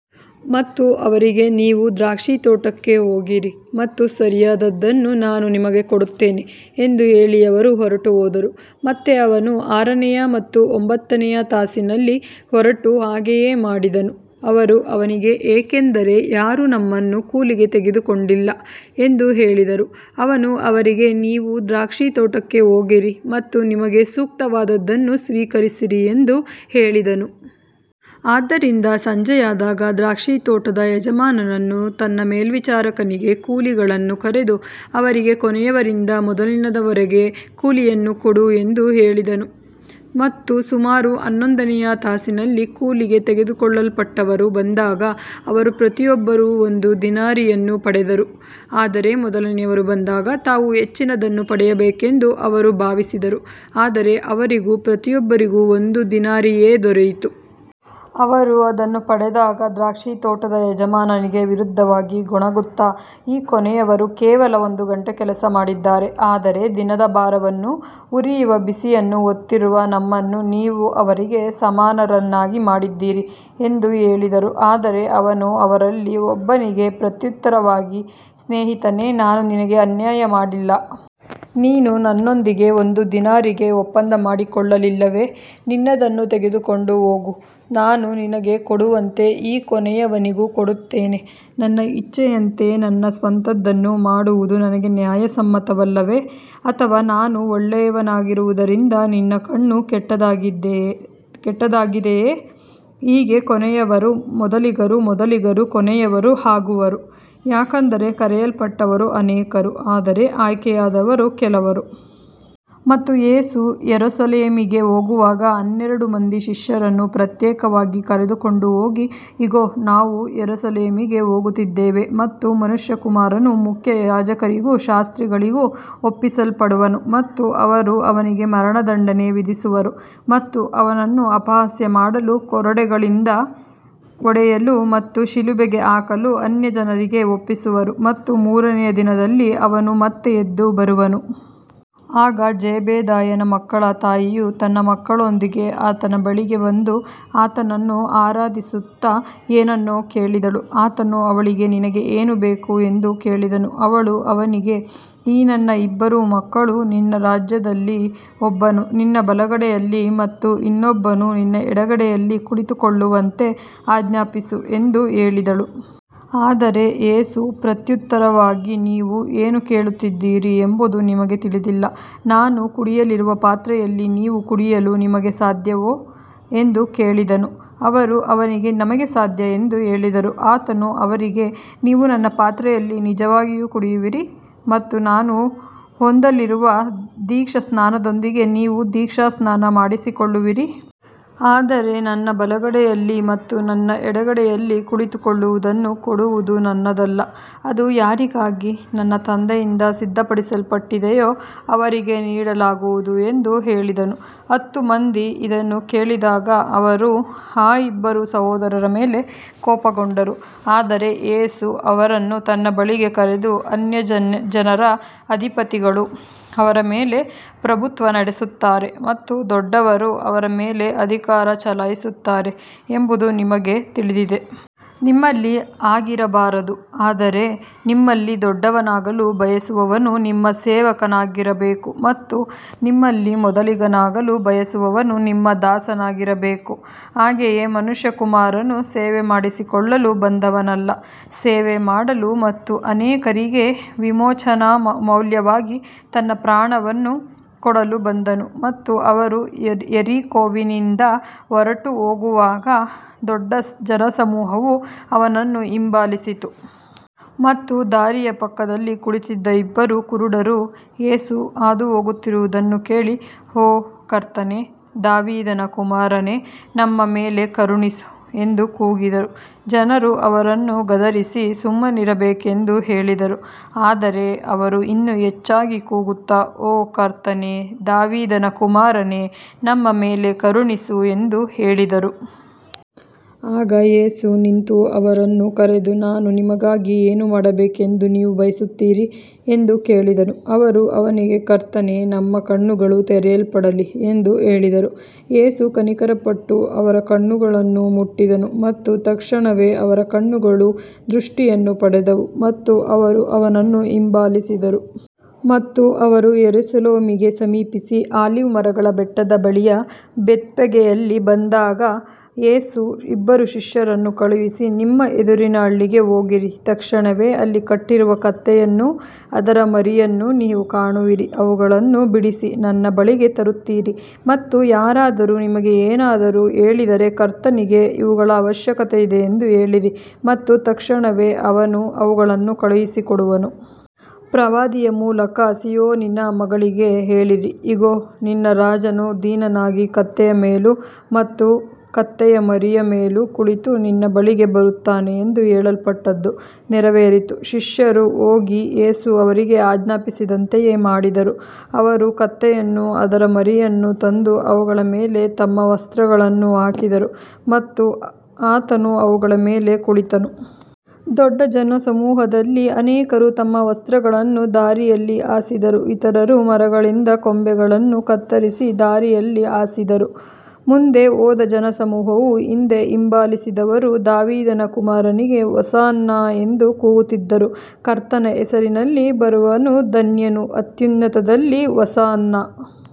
ಮತ್ತು ಅವರಿಗೆ, ನೀವೂ ದ್ರಾಕ್ಷಿತೋಟಕ್ಕೆ ಹೋಗಿರಿ, ಮತ್ತು ಸರಿಯಾದದ್ದನ್ನು ನಾನು ನಿಮಗೆ ಕೊಡುತ್ತೇನೆ ಎಂದು ಹೇಳಿ ಅವರು ಹೊರಟುಹೋದರು. ಮತ್ತೆ ಅವನು ಆರನೆಯ ಮತ್ತು ಒಂಬತ್ತನೆಯ ತಾಸಿನಲ್ಲಿ ಹೊರಟು ಹಾಗೆಯೇ ಮಾಡಿದನು. ಅವರು ಅವನಿಗೆ, ಏಕೆಂದರೆ ಯಾರೂ ನಮ್ಮನ್ನು ಕೂಲಿಗೆ ತೆಗೆದುಕೊಂಡಿಲ್ಲ ಎಂದು ಹೇಳಿದರು. ಅವನು ಅವರಿಗೆ, ನೀವೂ ದ್ರಾಕ್ಷಿತೋಟಕ್ಕೆ ಹೋಗಿರಿ, ಮತ್ತು ನಿಮಗೆ ಸೂಕ್ತವಾದದ್ದನ್ನು ಸ್ವೀಕರಿಸಿರಿ ಎಂದು ಹೇಳಿದನು. ಆದ್ದರಿಂದ ಸಂಜೆಯಾದಾಗ ದ್ರಾಕ್ಷಿತೋಟದ ಯಜಮಾನನು ತನ್ನ ಮೇಲ್ವಿಚಾರಕನಿಗೆ, ಕೂಲಿಗಳನ್ನು ಕರೆದು ಅವರಿಗೆ ಕೊನೆಯವರಿಂದ ಮೊದಲಿನವರವರೆಗೆ ಕೂಲಿಯನ್ನು ಕೊಡು ಎಂದು ಹೇಳಿದನು. ಮತ್ತು ಸುಮಾರು ಹನ್ನೊಂದನೆಯ ತಾಸಿನಲ್ಲಿ ಕೂಲಿಗೆ ತೆಗೆದುಕೊಳ್ಳಲ್ಪಟ್ಟವರು ಬಂದಾಗ, ಅವರು ಪ್ರತಿಯೊಬ್ಬರೂ ಒಂದು ದಿನಾರಿಯನ್ನು ಪಡೆದರು. ಆದರೆ ಮೊದಲನೆಯವರು ಬಂದಾಗ, ತಾವು ಹೆಚ್ಚಿನದನ್ನು ಪಡೆಯಬೇಕೆಂದು ಅವರು ಭಾವಿಸಿದರು, ಆದರೆ ಅವರಿಗೂ ಪ್ರತಿಯೊಬ್ಬರಿಗೂ ಒಂದು ದಿನಾರಿಯೇ ದೊರೆಯಿತು. ಅವರು ಅದನ್ನು ಪಡೆದಾಗ ದ್ರಾಕ್ಷಿತೋಟದ ಯಜಮಾನನಿಗೆ ವಿರುದ್ಧವಾಗಿ ಗೊಣಗುತ್ತಾ, ಈ ಕೊನೆಯವರು ಕೇವಲ ಒಂದು ಗಂಟೆ ಕೆಲಸ ಮಾಡಿದ್ದಾರೆ, ಆದರೆ ದಿನದ ಭಾರವನ್ನೂ ಉರಿಯುವ ಬಿಸಿಯನ್ನೂ ಹೊತ್ತಿರುವ ನಮ್ಮನ್ನು ನೀವು ಅವರಿಗೆ ಸಮಾನರನ್ನಾಗಿ ಮಾಡಿದ್ದೀರಿ ಎಂದು ಹೇಳಿದರು. ಆದರೆ ಅವನು ಅವರಲ್ಲಿ ಒಬ್ಬನಿಗೆ ಪ್ರತ್ಯುತ್ತರವಾಗಿ, ಸ್ನೇಹಿತನೇ, ನಾನು ನಿನಗೆ ಅನ್ಯಾಯ ಮಾಡಿಲ್ಲ. ನೀನು ನನ್ನೊಂದಿಗೆ ಒಂದು ದಿನಾರಿಗೆ ಒಪ್ಪಂದ ಮಾಡಿಕೊಳ್ಳಲಿಲ್ಲವೇ. ನಿನ್ನದನ್ನು ತೆಗೆದುಕೊಂಡು ಹೋಗು. ನಾನು ನಿನಗೆ ಕೊಡುವಂತೆ ಈ ಕೊನೆಯವನಿಗೂ ಕೊಡುತ್ತೇನೆ. ನನ್ನ ಇಚ್ಛೆಯಂತೆ ನನ್ನ ಸ್ವಂತದ್ದನ್ನು ಮಾಡುವುದು ನನಗೆ ನ್ಯಾಯಸಮ್ಮತವಲ್ಲವೇ. ಅಥವಾ ನಾನು ಒಳ್ಳೆಯವನಾಗಿರುವುದರಿಂದ ನಿನ್ನ ಕಣ್ಣು ಕೆಟ್ಟದ್ದಾಗಿದೆಯೇ. ಹೀಗೆ ಕೊನೆಯವರು ಮೊದಲಿಗರೂ ಮೊದಲಿಗರು ಕೊನೆಯವರೂ ಆಗುವರು, ಯಾಕಂದರೆ ಕರೆಯಲ್ಪಟ್ಟವರು ಅನೇಕರು, ಆದರೆ ಆಯ್ಕೆಯಾದವರು ಕೆಲವರು. ಮತ್ತು ಯೇಸು ಯೆರೂಸಲೇಮಿಗೆ ಹೋಗುವಾಗ ಹನ್ನೆರಡು ಮಂದಿ ಶಿಷ್ಯರನ್ನು ಪ್ರತ್ಯೇಕವಾಗಿ ಕರೆದುಕೊಂಡು ಹೋಗಿ, ಇಗೋ, ನಾವು ಯೆರೂಸಲೇಮಿಗೆ ಹೋಗುತ್ತಿದ್ದೇವೆ, ಮತ್ತು ಮನುಷ್ಯಕುಮಾರನು ಮುಖ್ಯ ಯಾಜಕರಿಗೂ ಶಾಸ್ತ್ರಿಗಳಿಗೂ ಒಪ್ಪಿಸಲ್ಪಡುವನು, ಮತ್ತು ಅವರು ಅವನಿಗೆ ಮರಣದಂಡನೆ ವಿಧಿಸುವರು. ಮತ್ತು ಅವನನ್ನು ಅಪಹಾಸ್ಯ ಮಾಡಲು, ಕೊರಡೆಗಳಿಂದ ಹೊಡೆಯಲು ಮತ್ತು ಶಿಲುಬೆಗೆ ಹಾಕಲು ಅನ್ಯಜನರಿಗೆ ಒಪ್ಪಿಸುವರು, ಮತ್ತು ಮೂರನೆಯ ದಿನದಲ್ಲಿ ಅವನು ಮತ್ತೆ ಎದ್ದು ಬರುವನು. ಆಗ ಜೆಬೆದಾಯನ ಮಕ್ಕಳ ತಾಯಿಯು ತನ್ನ ಮಕ್ಕಳೊಂದಿಗೆ ಆತನ ಬಳಿಗೆ ಬಂದು, ಆತನನ್ನು ಆರಾಧಿಸುತ್ತಾ ಏನನ್ನೋ ಕೇಳಿದಳು. ಆತನು ಅವಳಿಗೆ, ನಿನಗೆ ಏನು ಬೇಕು ಎಂದು ಕೇಳಿದನು. ಅವಳು ಅವನಿಗೆ, ಈ ನನ್ನ ಇಬ್ಬರು ಮಕ್ಕಳು ನಿನ್ನ ರಾಜ್ಯದಲ್ಲಿ ಒಬ್ಬನು ನಿನ್ನ ಬಲಗಡೆಯಲ್ಲಿ ಮತ್ತು ಇನ್ನೊಬ್ಬನು ನಿನ್ನ ಎಡಗಡೆಯಲ್ಲಿ ಕುಳಿತುಕೊಳ್ಳುವಂತೆ ಆಜ್ಞಾಪಿಸು ಎಂದು ಹೇಳಿದಳು. ಆದರೆ ಯೇಸು ಪ್ರತ್ಯುತ್ತರವಾಗಿ, ನೀವು ಏನು ಕೇಳುತ್ತಿದ್ದೀರಿ ಎಂಬುದು ನಿಮಗೆ ತಿಳಿದಿಲ್ಲ. ನಾನು ಕುಡಿಯಲಿರುವ ಪಾತ್ರೆಯಲ್ಲಿ ನೀವು ಕುಡಿಯಲು ನಿಮಗೆ ಸಾಧ್ಯವೋ ಎಂದು ಕೇಳಿದನು. ಅವರು ಅವನಿಗೆ, ನಮಗೆ ಸಾಧ್ಯ ಎಂದು ಹೇಳಿದರು. ಆತನು ಅವರಿಗೆ, ನೀವು ನನ್ನ ಪಾತ್ರೆಯಲ್ಲಿ ನಿಜವಾಗಿಯೂ ಕುಡಿಯುವಿರಿ, ಮತ್ತು ನಾನು ಹೊಂದಲಿರುವ ದೀಕ್ಷಾಸ್ನಾನದೊಂದಿಗೆ ನೀವು ದೀಕ್ಷಾಸ್ನಾನ ಮಾಡಿಸಿಕೊಳ್ಳುವಿರಿ. ಆದರೆ ನನ್ನ ಬಲಗಡೆಯಲ್ಲಿ ಮತ್ತು ನನ್ನ ಎಡಗಡೆಯಲ್ಲಿ ಕುಳಿತುಕೊಳ್ಳುವುದನ್ನು ಕೊಡುವುದು ನನ್ನದಲ್ಲ. ಅದು ಯಾರಿಗಾಗಿ ನನ್ನ ತಂದೆಯಿಂದ ಸಿದ್ಧಪಡಿಸಲ್ಪಟ್ಟಿದೆಯೋ ಅವರಿಗೆ ನೀಡಲಾಗುವುದು ಎಂದು ಹೇಳಿದನು. ಹತ್ತು ಮಂದಿ ಇದನ್ನು ಕೇಳಿದಾಗ, ಅವರು ಆ ಇಬ್ಬರು ಸಹೋದರರ ಮೇಲೆ ಕೋಪಗೊಂಡರು. ಆದರೆ ಯೇಸು ಅವರನ್ನು ತನ್ನ ಬಳಿಗೆ ಕರೆದು, ಅನ್ಯಜನರ ಅಧಿಪತಿಗಳು ಅವರ ಮೇಲೆ ಪ್ರಭುತ್ವ ನಡೆಸುತ್ತಾರೆ ಮತ್ತು ದೊಡ್ಡವರು ಅವರ ಮೇಲೆ ಅಧಿಕಾರ ಚಲಾಯಿಸುತ್ತಾರೆ ಎಂಬುದು ನಿಮಗೆ ತಿಳಿದಿದೆ. ನಿಮ್ಮಲ್ಲಿ ಹಾಗಿರಬಾರದು. ಆದರೆ ನಿಮ್ಮಲ್ಲಿ ದೊಡ್ಡವನಾಗಲು ಬಯಸುವವನು ನಿಮ್ಮ ಸೇವಕನಾಗಿರಬೇಕು. ಮತ್ತು ನಿಮ್ಮಲ್ಲಿ ಮೊದಲಿಗನಾಗಲು ಬಯಸುವವನು ನಿಮ್ಮ ದಾಸನಾಗಿರಬೇಕು. ಹಾಗೆಯೇ ಮನುಷ್ಯಕುಮಾರನು ಸೇವೆ ಮಾಡಿಸಿಕೊಳ್ಳಲು ಬಂದವನಲ್ಲ, ಸೇವೆ ಮಾಡಲು ಮತ್ತು ಅನೇಕರಿಗೆ ವಿಮೋಚನಾ ಮೌಲ್ಯವಾಗಿ ತನ್ನ ಪ್ರಾಣವನ್ನು ಕೊಡಲು ಬಂದನು. ಮತ್ತು ಅವರು ಯೆರಿಕೋವಿನಿಂದ ಹೊರಟುಹೋಗುವಾಗ ದೊಡ್ಡ ಜನಸಮೂಹವು ಅವನನ್ನು ಹಿಂಬಾಲಿಸಿತು. ಮತ್ತು ದಾರಿಯ ಪಕ್ಕದಲ್ಲಿ ಕುಳಿತಿದ್ದ ಇಬ್ಬರು ಕುರುಡರು, ಯೇಸು ಹಾದುಹೋಗುತ್ತಿರುವುದನ್ನು ಕೇಳಿ, ಓ ಕರ್ತನೇ, ದಾವೀದನ ಕುಮಾರನೇ, ನಮ್ಮ ಮೇಲೆ ಕರುಣಿಸು ಎಂದು ಕೂಗಿದರು. ಜನರು ಅವರನ್ನು ಗದರಿಸಿ ಸುಮ್ಮನಿರಬೇಕೆಂದು ಹೇಳಿದರು. ಆದರೆ ಅವರು ಇನ್ನೂ ಹೆಚ್ಚಾಗಿ ಕೂಗುತ್ತಾ, ಓ ಕರ್ತನೇ, ದಾವೀದನ ಕುಮಾರನೇ, ನಮ್ಮ ಮೇಲೆ ಕರುಣಿಸು ಎಂದು ಹೇಳಿದರು. ಆಗ ಯೇಸು ನಿಂತು ಅವರನ್ನು ಕರೆದು, ನಾನು ನಿಮಗಾಗಿ ಏನು ಮಾಡಬೇಕೆಂದು ನೀವು ಬಯಸುತ್ತೀರಿ ಎಂದು ಕೇಳಿದನು. ಅವರು ಅವನಿಗೆ, ಕರ್ತನೇ, ನಮ್ಮ ಕಣ್ಣುಗಳು ತೆರೆಯಲ್ಪಡಲಿ ಎಂದು ಹೇಳಿದರು. ಯೇಸು ಕನಿಕರಪಟ್ಟು ಅವರ ಕಣ್ಣುಗಳನ್ನು ಮುಟ್ಟಿದನು, ಮತ್ತು ತಕ್ಷಣವೇ ಅವರ ಕಣ್ಣುಗಳು ದೃಷ್ಟಿಯನ್ನು ಪಡೆದವು, ಮತ್ತು ಅವರು ಅವನನ್ನು ಹಿಂಬಾಲಿಸಿದರು. ಮತ್ತು ಅವರು ಯೆರೂಸಲೇಮಿಗೆ ಸಮೀಪಿಸಿ ಆಲಿವ್ ಮರಗಳ ಬೆಟ್ಟದ ಬಳಿಯ ಬೆತ್ಫಗೆಯಲ್ಲಿ ಬಂದಾಗ, ಯೇಸು ಇಬ್ಬರು ಶಿಷ್ಯರನ್ನು ಕಳುಹಿಸಿ, ನಿಮ್ಮ ಎದುರಿನ ಹಳ್ಳಿಗೆ ಹೋಗಿರಿ. ತಕ್ಷಣವೇ ಅಲ್ಲಿ ಕಟ್ಟಿರುವ ಕತ್ತೆಯನ್ನೂ ಅದರ ಮರಿಯನ್ನೂ ನೀವು ಕಾಣುವಿರಿ. ಅವುಗಳನ್ನು ಬಿಡಿಸಿ ನನ್ನ ಬಳಿಗೆ ತರುತ್ತೀರಿ. ಮತ್ತು ಯಾರಾದರೂ ನಿಮಗೆ ಏನಾದರೂ ಹೇಳಿದರೆ, ಕರ್ತನಿಗೆ ಇವುಗಳ ಅವಶ್ಯಕತೆಯಿದೆ ಎಂದು ಹೇಳಿರಿ, ಮತ್ತು ತಕ್ಷಣವೇ ಅವನು ಅವುಗಳನ್ನು ಕಳುಹಿಸಿಕೊಡುವನು. ಪ್ರವಾದಿಯ ಮೂಲಕ, ಸೀಯೋನಿನ ಮಗಳಿಗೆ ಹೇಳಿರಿ, ಇಗೋ, ನಿನ್ನ ರಾಜನು ದೀನನಾಗಿ, ಕತ್ತೆಯ ಮೇಲೂ ಮತ್ತು ಕತ್ತೆಯ ಮರಿಯ ಮೇಲೂ ಕುಳಿತು ನಿನ್ನ ಬಳಿಗೆ ಬರುತ್ತಾನೆ ಎಂದು ಹೇಳಲ್ಪಟ್ಟದ್ದು ನೆರವೇರಿತು. ಶಿಷ್ಯರು ಹೋಗಿ ಯೇಸು ಅವರಿಗೆ ಆಜ್ಞಾಪಿಸಿದಂತೆಯೇ ಮಾಡಿದರು. ಅವರು ಕತ್ತೆಯನ್ನೂ ಅದರ ಮರಿಯನ್ನೂ ತಂದು ಅವುಗಳ ಮೇಲೆ ತಮ್ಮ ವಸ್ತ್ರಗಳನ್ನು ಹಾಕಿದರು, ಮತ್ತು ಆತನು ಅವುಗಳ ಮೇಲೆ ಕುಳಿತನು. ದೊಡ್ಡ ಜನಸಮೂಹದಲ್ಲಿ ಅನೇಕರು ತಮ್ಮ ವಸ್ತ್ರಗಳನ್ನು ದಾರಿಯಲ್ಲಿ ಹಾಸಿದರು, ಇತರರು ಮರಗಳಿಂದ ಕೊಂಬೆಗಳನ್ನು ಕತ್ತರಿಸಿ ದಾರಿಯಲ್ಲಿ ಹಾಸಿದರು. ಮುಂದೆ ಹೋದ ಜನಸಮೂಹವೂ ಹಿಂದೆ ಹಿಂಬಾಲಿಸಿದವರೂ, ದಾವೀದನ ಕುಮಾರನಿಗೆ ಹೊಸನ್ನಾ ಎಂದು ಕೂಗುತ್ತಿದ್ದರು. ಕರ್ತನ ಹೆಸರಿನಲ್ಲಿ ಬರುವವನು ಧನ್ಯನು. ಅತ್ಯುನ್ನತದಲ್ಲಿ ಹೊಸನ್ನಾ.